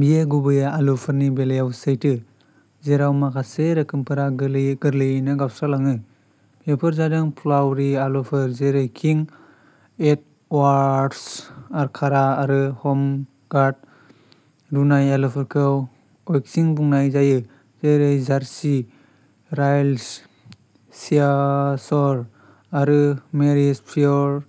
बेयो गुबैयै आलुफोरनि बेलायाव सैथो, जेराव माखासे रोखोमफोरा गोग्लैयो गोरलैयैनो गावस्रालाङो। बेफोर जादों'फ्लाउरि'आलुफोर जेरै किं एडवार्ड्स, कारा आरो हम गार्ड। रुनाय आलुफोरखौ'अक्सि'बुंनाय जायो-जेरै जार्सि रायल्स, चेशायर आरो मेरिस पीयर।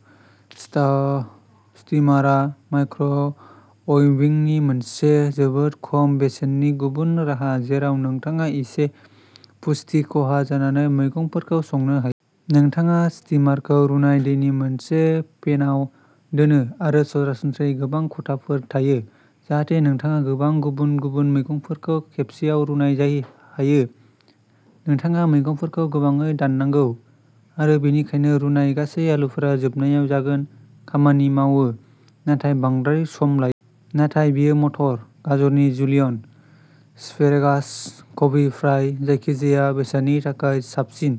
स्टीमारआ माइक्र'अभिंनि मोनसे जोबोद खम बेसेननि गुबुन राहा, जेराव नोंथाङा इसे पुष्टि खहा जानानै मैगंफोरखौ संनो हायो। नोंथाङा स्टीमारखौ रुनाय दैनि मोनसे पेनआव दोनो, आरो सरासनस्रायै गोबां खथाफोर थायो जाहाथे नोंथाङा गोबां गुबुन-गुबुन मैगंफोरखौ खेबसेआव रुनाय जायो हायो। नोंथाङा मैगंफोरखौ गोबाङै दाननांगौ, आरो बेनिखायनो रुनाय गासै आलुफोरा जोबनायाव जागोन। खामानि मावो, नाथाय बांद्राय सम लायो। नाथाय बेयो मटर, गाजरनि जुलियन, स्पारेगास, कबि-फ्राय जायखिजाया बेसादनि थाखाय साबसिन।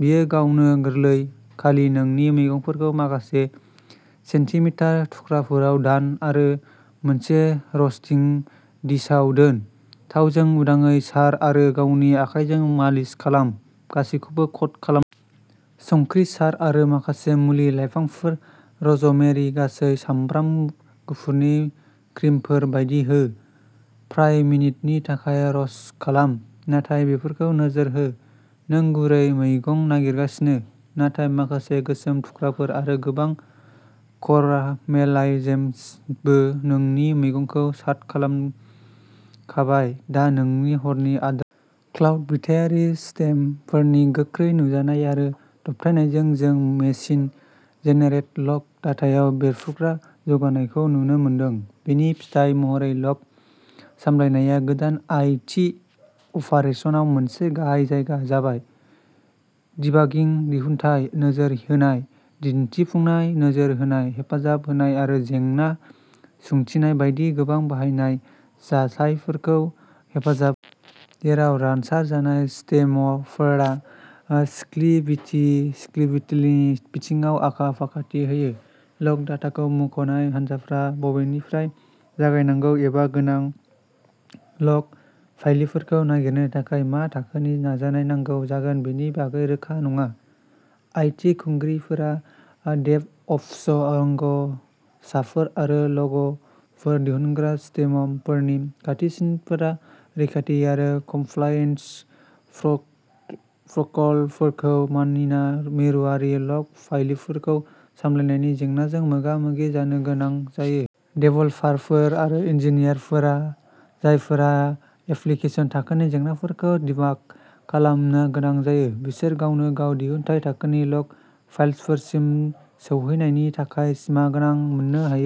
बेयो गावनो गोरलै। खालि नोंनि मैगंफोरखौ माखासे सेन्टिमिटार थुख्राफोराव दान आरो मोनसे रस्टिं डिशआव दोन। थावजों उदाङै सार आरो गावनि आखाइजों मालिस खालाम गासैबोखौ क'ट खालाम। संख्रि सार आरो माखासे मुलि-लाइफांफोर, र'जमेरि, गासै सामब्राम गुफुरनि क्रिमफोर बायदि हो। फ्राय मिनिटनि थाखाय र'स्ट खालाम, नाथाय बेफोरखौ नोजोर हो। नों गुरै मैगं नागिरगासिनो, नाथाय माखासे गोसोम थुख्राफोर आरो गोबां करामेलाइजेसनबो। नोंनि मैगंखौ सार्ट खालामखाबाय, दा नोंनि हरनि आद्रा! क्लाउड-बिथायारि सिस्टेमफोरनि गोख्रै नुजानाय आरो दबथायनायजों, जों मेसिन-जेनेरेटेड लग डाटायाव बेरफ्रुग्रा जौगानायखौ नुनो मोनदों। बेनि फिथाय महरै, लग सामलायनाया गोदान आइ. टि. अपारेसनाव मोनसे गाहाय जायगा जाबाय, डिबागिं, दिहुनथाय नोजोर होनाय, दिन्थिफुंनाय नोजोर होनाय, हेफाजाब होनाय आरो जेंना सुथिंनाय बायदि गोबां बाहायनाय जाथायफोरखौ हेफाजाब। जेराव रानसारजानाय सिस्टेमफोरा स्किलिबिलितिनि बिथिङाव आखा-फाखाथि होयो, लग डाटाखौ मुंख'नाय हानजाफोरा बबेनिफ्राय जागायनांगौ एबा गोनां लग फाइलफोरखौ नागिरनो थाखाय मा थाखोनि नाजानाय नांगौ जागोन बेनि बागै रोखा नङा। आइ. टि. खुंगिरिफोर, डेभअप्स रोंग'साफोर आरो लगफोर दिहुनग्रा सिस्टेमफोरनि खाथिसिनफोरा रैखाथि आरो कमप्लायन्स प्रट'कलफोरखौ मानिना मिरुआरि लग फाइलफोरखौ सामलायनायनि जेंनाजों मोगा-मोगि जानो गोनां जायो। देभेलपारफोर आरो इन्जिनियारफोर जायफोरा एप्लिकेसन-थाखोनि जेंनाफोरखौ डिबाग खालामनो गोनां जायो, बिसोर गावनोगाव दिहुनथाय-थाखोनि लग फाइलफोरसिम सौहैनायनि थाखाय सिमागोनां मोननो हायो।